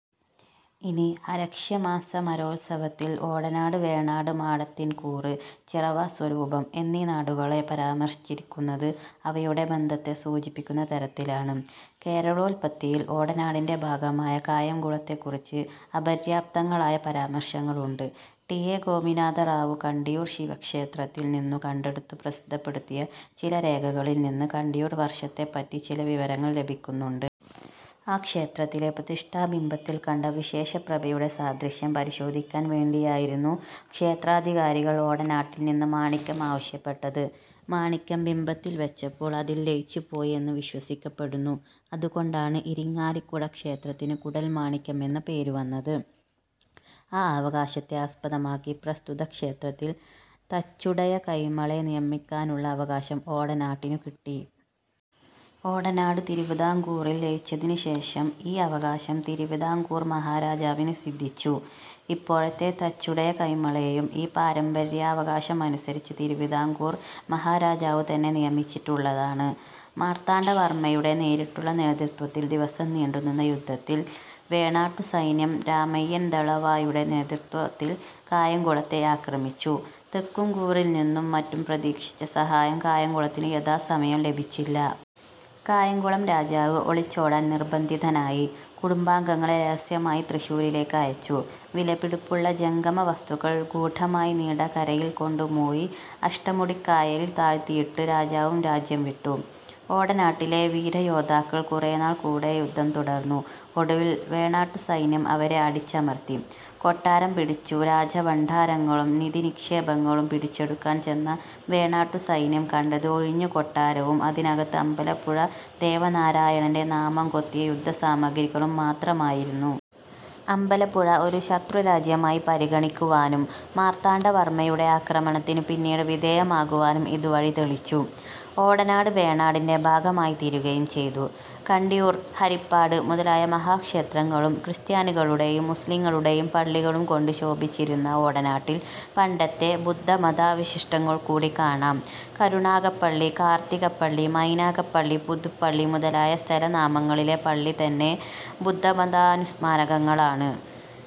ഇനി ഹര്യക്ഷമാസ്സമരോത്സവത്തിൽ ഓടനാട്, വേണാട്, മാടത്തിൻകൂറ്, ചിറവാസ്വരൂപം എന്നീ നാടുകളെ പരാമർശിച്ചിരിക്കുന്നത് അവയുടെ ബന്ധത്തെ സൂചിപ്പിക്കുന്ന തരത്തിലാണ്. കേരളോത്പത്തിയിൽ ഓടനാടിന്റെ ഭാഗമായ കായംകുളത്തെകുറിച്ച് അപര്യാപ്തങ്ങളായ പരാമർശങ്ങളുണ്ട്. ടി. എ. ഗോപിനാഥറാവു കണ്ടിയൂർ ശിവക്ഷേത്രത്തിൽ നിന്നു കണ്ടെടുത്തു പ്രസിദ്ധപ്പെടുത്തിയ ചില രേഖകളിൽ നിന്ന് കണ്ടിയൂർ വർഷത്തെപ്പറ്റി ചില വിവരങ്ങൾ ലഭിക്കുന്നുണ്ട്. ആ ക്ഷേത്രത്തിലെ പ്രതിഷ്ഠാബിംബത്തിൽ കണ്ട വിശേഷ പ്രഭയുടെ സാദൃശ്യം പരിശോധിക്കാൻ വേണ്ടിയായിരുന്നു ക്ഷേത്രാധികാരികൾ ഓടനാട്ടിൽ നിന്ന് മാണിക്യം ആവശ്യപ്പെട്ടത്. മാണിക്യം ബിംബത്തിൽ വച്ചപ്പോൾ അതിൽ ലയിച്ചുപോയി എന്നു വിശ്വസിക്കപ്പെടുന്നു. അതുകൊണ്ടാണ് ഇരിങ്ങാലക്കുട ക്ഷേത്രത്തിന് കൂടൽമാണിക്യം എന്ന പേരു വന്നത്. ആ അവകാശത്തെ ആസ്പദമാക്കി പ്രസ്തുത ക്ഷേത്രത്തിൽ തച്ചുടയകൈമളെ നിയമിക്കാനുള്ള അവകാശം ഓടനാടിനു കിട്ടി. ഓടനാടു തിരുവിതാംകൂറിൽ ലയിച്ചതിനുശേഷം ഈ അവകാശം തിരുവിതാംകൂർ മഹാരാജാവിന് സിദ്ധിച്ചു. ഇപ്പോഴത്തെ തച്ചുടയകൈമളെയും ഈ പാരമ്പര്യാവകാശമനുസരിച്ച് തിരുവിതാംകൂർ മഹാരാജാവുതന്നെ നിയമിച്ചിട്ടുള്ളതാണ്. മാർത്താണ്ഡവർമയുടെ നേരിട്ടുള്ള നേതൃത്വത്തിൽ ദിവസം നീണ്ടുനിന്ന യുദ്ധത്തിൽ വേണാട്ടുസൈന്യം രാമയ്യൻ ദളവായുടെ നേതൃത്വവത്തിൽ കായംകുളത്തെ ആക്രമിച്ചു. തെക്കുംകൂറിൽനിന്നും മറ്റും പ്രതീക്ഷിച്ച സഹായം കായംകുളത്തിനു യഥാസമയം ലഭിച്ചില്ല. കായംകുളം രാജാവ് ഒളിച്ചോടാൻ നിർബ്ദന്ധിതനായി. കുടുബാംഗങ്ങളെ രഹസ്യമായി തൃശ്ശൂരിലേക്ക് അയച്ചു. വിലപിടിപ്പുള്ള ജംഗമ വസ്തുക്കൾ ഗൂഢമായി നീണ്ടകരയിൽ കൊണ്ടുപോയി അഷ്ടമുടിക്കായലിൽ താഴ്ത്തിയിട്ട് രജാവും രജ്യം വിട്ടു. ഓടനാട്ടിലെ വീരയോദ്ധാക്കൾ കുറേനാൾ കൂടെ യുദ്ധം തുടർന്നു. ഒടുവിൽ വേണാട്ടുസൈന്യം അവരെ അടിച്ചമർത്തി. കൊട്ടാരം പിടിച്ചു. രാജഭണ്ഡാരങ്ങളും നിധിനിക്ഷേപങ്ങളും പിടിച്ചെടുക്കാൻ ചെന്ന വേണാട്ടുസൈന്യം കണ്ടത് ഒഴിഞ്ഞകൊട്ടാരവും അതിനകത്ത് അമ്പലപ്പുഴ ദേവനാരായണന്റെ നാമം കൊത്തിയ യുദ്ധസാമഗ്രികളും മത്രമായിരുന്നു. അമ്പലപ്പുഴ ഒരു ശത്രുരാജ്യമായി പരിഗണിക്കുവാനും മാർത്താണ്ഡവർമയുടെ ആക്രമണത്തിനു പിന്നീടു വിധേയമാകുവാനും ഇതു വഴി തെളിച്ചു. ഓടനാട് വേണാടിന്റെ ഭാഗമായിത്തീരുകയും ചെയ്തു. കണ്ടിയൂർ, ഹരിപ്പാട് മുതലായ മഹാക്ഷേത്രങ്ങളും ക്രിസ്ത്യാനികളുടെയും, മുസ്ലീങ്ങളുടെയും പള്ളികളുംകൊണ്ട് ശോഭിച്ചിരുന്ന ഓടനാട്ടിൽ പണ്ടത്തെ ബുദ്ധമതാവശിഷ്ടങ്ങൾകൂടി കാണാം. കരുനാഗപ്പള്ളി, കാർതികപ്പള്ളി, മൈനാഗപ്പള്ളി, പുതുപ്പള്ളി മുതലായ സ്ഥലനാമങ്ങളിലെ പള്ളിതന്നെ ബുദ്ധമതാനുസ്മാരകങ്ങളാണ്.